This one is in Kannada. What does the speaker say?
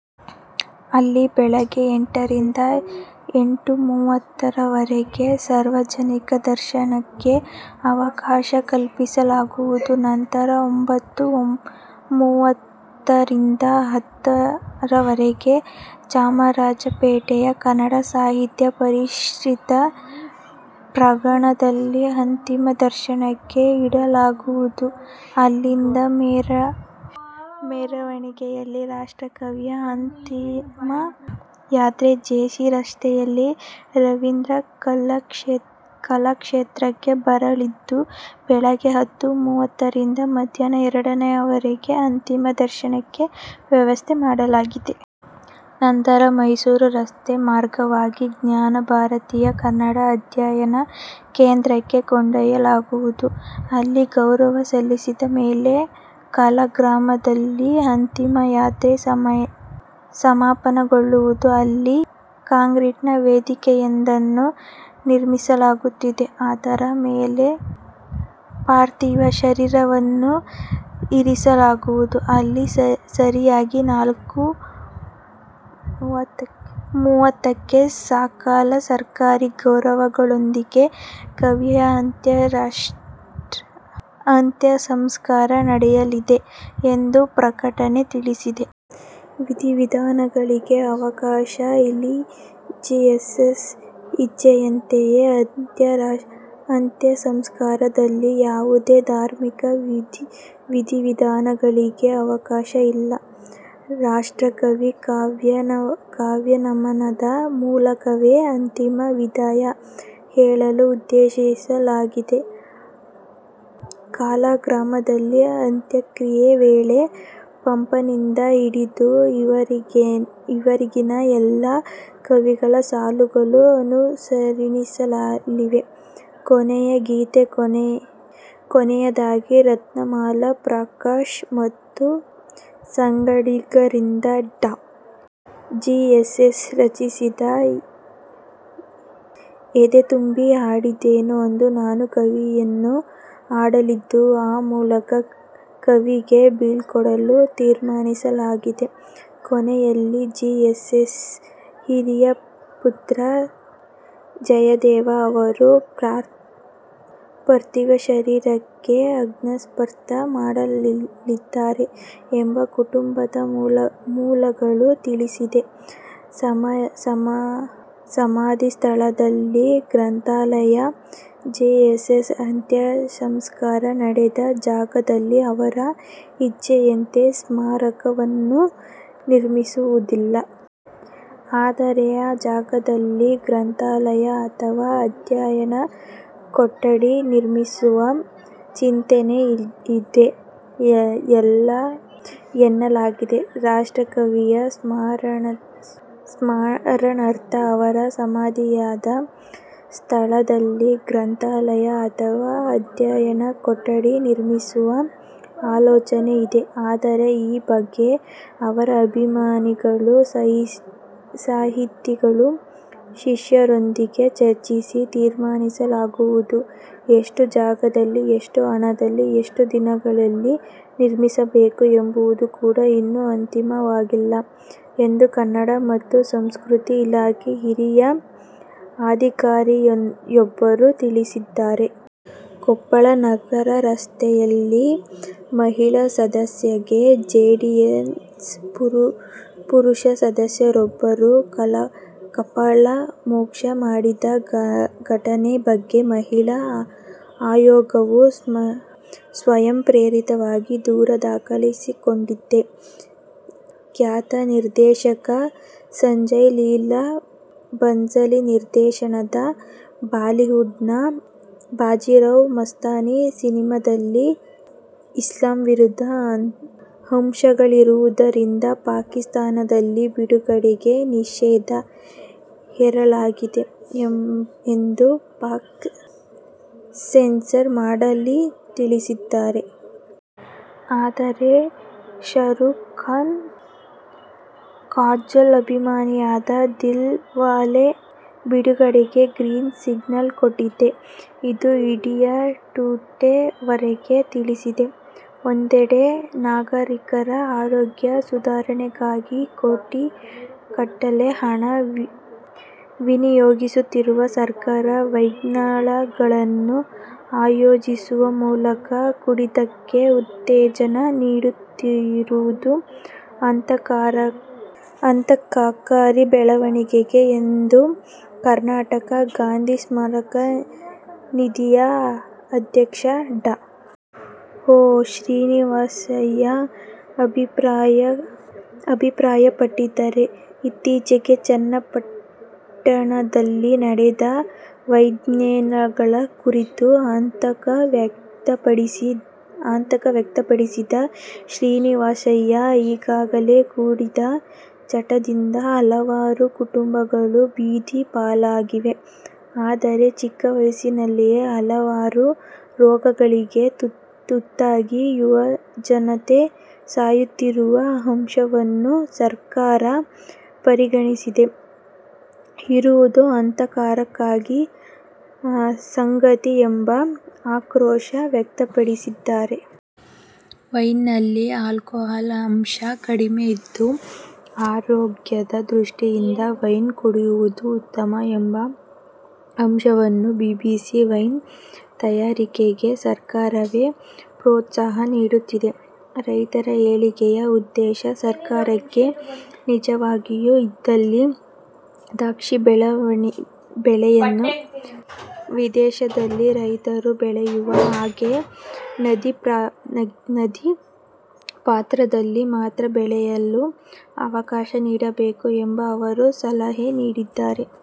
ಅಲ್ಲಿ ಬೆಳಗ್ಗೆ ಎಂಟರಿಂದ ಎಂಟು:ಮೂವತ್ತುರವರೆಗೆ ಸಾರ್ವಜನಿಕ ದರ್ಶನಕ್ಕೆ ಅವಕಾಶ ಕಲ್ಪಿಸಲಾಗುವುದು. ನಂತರ ಒಂಬತ್ತ: ಮೂವತ್ತ ರಿಂದ ಹತ್ತರವರೆಗೆ ಚಾಮರಾಜಪೇಟೆಯ ಕನ್ನಡ ಸಾಹಿತ್ಯ ಪರಿಷತ್ತಿನ ಪ್ರಾಂಗಣದಲ್ಲಿ ಅಂತಿಮ ದರ್ಶನಕ್ಕೆ ಇಡಲಾಗುವುದು. ಅಲ್ಲಿಂದ ಮೆರವಣಿಗೆಯಲ್ಲಿ ರಾಷ್ಟ್ರಕವಿಯ ಅಂತಿಮ ಯಾತ್ರೆ ಜೆ. ಸಿ. ರಸ್ತೆಯಲ್ಲಿನ ರವೀಂದ್ರ ಕಲಾಕ್ಷೇತ್ರಕ್ಕೆ ಬರಲಿದ್ದು, ಬೆಳಗ್ಗೆ ಹತ್ತು: ಮೂವತ್ತರಿಂದ ಮಧ್ಯಾಹ್ನ ಎರಡರವರೆಗೆ ಅಂತಿಮ ದರ್ಶನಕ್ಕೆ ವ್ಯವಸ್ಥೆ ಮಾಡಲಾಗಿದೆ. ನಂತರ ಮೈಸೂರು ರಸ್ತೆ ಮಾರ್ಗವಾಗಿ ಜ್ಞಾನಭಾರತಿಯ ಕನ್ನಡ ಅಧ್ಯಯನ ಕೇಂದ್ರಕ್ಕೆ ಕೊಂಡೊಯ್ಯಲಾಗುವುದು. ಅಲ್ಲಿ ಗೌರವ ಸಲ್ಲಿಸಿದ ಮೇಲೆ ಕಲಾಗ್ರಾಮದಲ್ಲಿ ಅಂತಿಮಯಾತ್ರೆ ಸಮಾಪನಗೊಳ್ಳುವುದು. ಅಲ್ಲಿ ಕಾಂಕ್ರೀಟ್ನ ವೇದಿಕೆಯೊಂದನ್ನು ನಿರ್ಮಿಸಲಾಗುತ್ತಿದ್ದು, ಅದರ ಮೇಲೆ ಪಾರ್ಥಿವ ಶರೀರವನ್ನು ಇರಿಸಲಾಗುವುದು. ಅಲ್ಲಿ ಸರಿಯಾಗಿ ನಾಲ್ಕು:ಮೂವತ್ತಕ್ಕೆ ಸಕಲ ಸರ್ಕಾರಿ ಗೌರವಗಳೊಂದಿಗೆ ಕವಿಯ ಅಂತ್ಯಸಂಸ್ಕಾರ ನಡೆಯಲಿದೆ ಎಂದು ಪ್ರಕಟಣೆ ತಿಳಿಸಿದೆ. ವಿಧಿ-ವಿಧಾನಗಳಿಗೆ ಅವಕಾಶ ಇಲ್ಲಜಿಎಸ್ಎಸ್ ಇಚ್ಛೆಯಂತೆಯೇ ಅಂತ್ಯಸಂಸ್ಕಾರದಲ್ಲಿ ಯಾವುದೇ ಧಾರ್ಮಿಕ ವಿಧಿ-ವಿಧಾನಗಳಿಗೆ ಅವಕಾಶ ಇಲ್ಲ. ರಾಷ್ಟ್ರಕವಿಗೆ ಕಾವ್ಯನಮನದ ಮೂಲಕವೇ ಅಂತಿಮ ವಿದಾಯ ಹೇಳಲು ಉದ್ದೇಶಿಸಲಾಗಿದೆ. ಕಲಾಗ್ರಾಮದಲ್ಲಿ ಅಂತ್ಯಕ್ರಿಯೆ ವೇಳೆ ಪಂಪನಿಂದ ಹಿಡಿದು ಈವರೆಗಿನ ಎಲ್ಲ ಕವಿಗಳ ಸಾಲುಗಳು ಅನುರಣಿಸಲಿವೆ. ಕೊನೆಯ ಗೀತೆಕೊನೆಯದಾಗಿ ರತ್ನಮಾಲಾ ಪ್ರಕಾಶ್ ಮತ್ತು ಸಂಗಡಿಗರಿಂದ ಡಾ. ಜಿಎಸ್ಎಸ್ ರಚಿಸಿದ ಎದೆತುಂಬಿ ಹಾಡೆದೆನು ಅಂದು ನಾನು ಕವಿತೆಯನ್ನು ಹಾಡಲಿದ್ದು, ಆ ಮೂಲಕ ಕವಿಗೆ ಬೀಳ್ಕೊಡಲು ತೀರ್ಮಾನಿಸಲಾಗಿದೆ. ಕೊನೆಯಲ್ಲಿ ಜಿಎಸ್ಎಸ್ ಹಿರಿಯ ಪುತ್ರ ಜಯದೇವ ಅವರು ಪಾರ್ಥಿವ ಶರೀರಕ್ಕೆ ಅಗ್ನಿಸ್ಪರ್ಶ ಮಾಡಲಿದ್ದಾರೆ ಎಂದು ಕುಟುಂಬದ ಮೂಲಗಳು ತಿಳಿಸಿವೆ. ಸಮಾಧಿ ಸ್ಥಳದಲ್ಲಿ ಗ್ರಂಥಾಲಯ? ಜಿಎಸ್ಎಸ್ ಅಂತ್ಯಸಂಸ್ಕಾರ ನಡೆದ ಜಾಗದಲ್ಲಿ ಅವರ ಇಚ್ಛೆಯಂತೆ ಸ್ಮಾರಕವನ್ನಂತೂ ನಿರ್ಮಿಸುವುದಿಲ್ಲ. ಆದರೆ, ಆ ಜಾಗದಲ್ಲಿ ಗ್ರಂಥಾಲಯ ಅಥವಾ ಅಧ್ಯಯನ ಕೊಠಡಿ ನಿರ್ಮಿಸುವ ಚಿಂತನೆ ಇದೆ ಎನ್ನಲಾಗಿದೆ. ರಾಷ್ಟ್ರಕವಿಯ ಸ್ಮರಣಾರ್ಥ ಅವರು ಸಮಾಧಿಯಾದ ಸ್ಥಳದಲ್ಲಿ ಗ್ರಂಥಾಲಯ ಅಥವಾ ಅಧ್ಯಯನ ಕೊಠಡಿ ನಿರ್ಮಿಸುವ ಆಲೋಚನೆ ಇದೆ. ಆದರೆ, ಈ ಬಗ್ಗೆ ಅವರ ಅಭಿಮಾನಿಗಳು, ಸಾಹಿತಿಗಳು, ಶಿಷ್ಯರೊಂದಿಗೆ ಚರ್ಚಿಸಿ ತೀರ್ಮಾನಿಸಲಾಗುವುದು. ಎಷ್ಟು ಜಾಗದಲ್ಲಿ, ಎಷ್ಟು ಹಣದಲ್ಲಿ, ಎಷ್ಟು ದಿನಗಳಲ್ಲಿ ನಿರ್ಮಿಸಬೇಕು ಎಂಬುದು ಕೂಡ ಇನ್ನೂ ಅಂತಿಮವಾಗಿಲ್ಲ ಎಂದು ಕನ್ನಡ ಮತ್ತು ಸಂಸ್ಕೃತಿ ಇಲಾಖೆ ಹಿರಿಯ ಅಧಿಕಾರಿಯೊಬ್ಬರು ತಿಳಿಸಿದ್ದಾರೆ. ಕೊಪ್ಪಳ ನಗರಸಭೆಯಲ್ಲಿ ಮಹಿಳಾ ಸದಸ್ಯೆಗೆ ಜೆಡಿಎಸ್ನ ಪುರುಷ ಸದಸ್ಯರೊಬ್ಬರು ಕಪಾಳ ಮೋಕ್ಷ ಮಾಡಿದ ಘಟನೆ ಬಗ್ಗೆ ಮಹಿಳಾ ಆಯೋಗವು ಸ್ವಯಂಪ್ರೇರಿತವಾಗಿ ದೂರು ದಾಖಲಿಸಿಕೊಂಡಿದೆ. ಖ್ಯಾತ ನಿರ್ದೇಶಕ ಸಂಜಯ್ ಲೀಲಾ ಬನ್ಸಾಲಿ ನಿರ್ದೇಶನದ ಬಾಲಿವುಡ್ ನ ಬಾಜಿರಾವ್ ಮಸ್ತಾನಿ ಸಿನಿಮಾದಲ್ಲಿ ಇಸ್ಲಾಂ ವಿರೋಧಿ ಅಂಶಗಳಿರುವುದರಿಂದ ಪಾಕಿಸ್ತಾನದಲ್ಲಿ ಬಿಡುಗಡೆಗೆ ನಿಷೇಧ ಹೇರಲಾಗಿದೆ ಎಂದು ಪಾಕ್ ಸೆನ್ಸಾರ್ ಮಂಡಳಿ ತಿಳಿಸಿದೆ. ಆದರೆ ಶಾರುಕ್ ಖಾನ್, ಕಾಜೋಲ್ ಅಭಿನಯದ ದಿಲ್ ವಾಲೆ ಬಿಡುಗಡೆಗೆ ಗ್ರೀನ್ ಸಿಗ್ನಲ್ ಕೊಟ್ಟಿದೆ ಎಂದು ಇಂಡಿಯಾ ಟುಡೇ ವರದಿ ತಿಳಿಸಿದೆ. ಒಂದೆಡೆ ನಾಗರಿಕರ ಆರೋಗ್ಯ ಸುಧಾರಣೆಗಾಗಿ ಕೋಟಿಗಟ್ಟಲೇ ಹಣ ವಿನಿಯೋಗಿಸುತ್ತಿರುವ ಸರ್ಕಾರ, ವೈನ್ಮೇಳಗಳನ್ನು ಆಯೋಜಿಸುವ ಮೂಲಕ ಕುಡಿತಕ್ಕೆ ಉತ್ತೇಜನ ನೀಡುತ್ತಿರುವುದು ಆತಂಕಕಾರಿ ಬೆಳವಣಿಗೆ ಎಂದು ಕರ್ನಾಟಕ ಗಾಂಧೀ ಸ್ಮಾರಕ ನಿಧಿಯ ಅಧ್ಯಕ್ಷ ಡಾ. ಹೊ. ಶ್ರೀನಿವಾಸಯ್ಯ ಅಭಿಪ್ರಾಯಪಟ್ಟಿದ್ದಾರೆ. ಇತ್ತೀಚೆಗೆ ಚನ್ನಪಟ್ಟಣದಲ್ಲಿ ನಡೆದ ವೈನ್ಮೇಳದ ಕುರಿತು ಆತಂಕ ವ್ಯಕ್ತಪಡಿಸಿದ ಶ್ರೀನಿವಾಸಯ್ಯ, ಈಗಾಗಲೇ ಕುಡಿತದ ಚಟದಿಂದ ಹಲವಾರು ಕುಟುಂಬಗಳು ಬೀದಿ ಪಾಲಾಗಿವೆ. ಅಲ್ಲದೇ ಚಿಕ್ಕವಯಸ್ಸಿನಲ್ಲೇ ಹಲವಾರು ರೋಗಗಳಿಗೆ ತುತ್ತಾಗಿ ಯುವಜನತೆ ಸಾಯುತ್ತಿರುವ ಅಂಶವನ್ನು ಸರ್ಕಾರ ಪರಿಗಣಿಸದೇ ಇರುವುದು ಆತಂಕಕಾರಿ ಸಂಗತಿ ಎಂದು ಆಕ್ರೋಶ ವ್ಯಕ್ತಪಡಿಸಿದ್ದಾರೆ. ವೈನ್ನಲ್ಲಿ ಆಲ್ಕೋಹಾಲ್ ಅಂಶ ಕಡಿಮೆ ಇದ್ದು, ಆರೋಗ್ಯದ ದೃಷ್ಟಿಯಿಂದ ವೈನ್ ಕುಡಿಯುವುದು ಉತ್ತಮ ಎಂಬ ಅಂಶವನ್ನು ಬಿಂಬಿಸಿ ವೈನ್ ತಯಾರಿಕೆಗೆ ಸರ್ಕಾರವೇ ಪ್ರೋತ್ಸಾಹ ನೀಡುತ್ತಿದೆ. ರೈತರ ಏಳಿಗೆಯ ಉದ್ದೇಶ ಸರ್ಕಾರಕ್ಕೆ ನಿಜವಾಗಿಯೂ ಇದ್ದಲ್ಲಿ ದ್ರಾಕ್ಷಿ ಬೆಳೆಯನ್ನು ವಿದೇಶದಲ್ಲಿ ರೈತರು ಬೆಳೆಯುವ ಹಾಗೆ ನದಿ ಪಾತ್ರದಲ್ಲಿ ಮಾತ್ರ ಬೆಳೆಯಲು ಅವಕಾಶ ನೀಡಬೇಕು ಎಂದು ಅವರು ಸಲಹೆ ನೀಡಿದ್ದಾರೆ.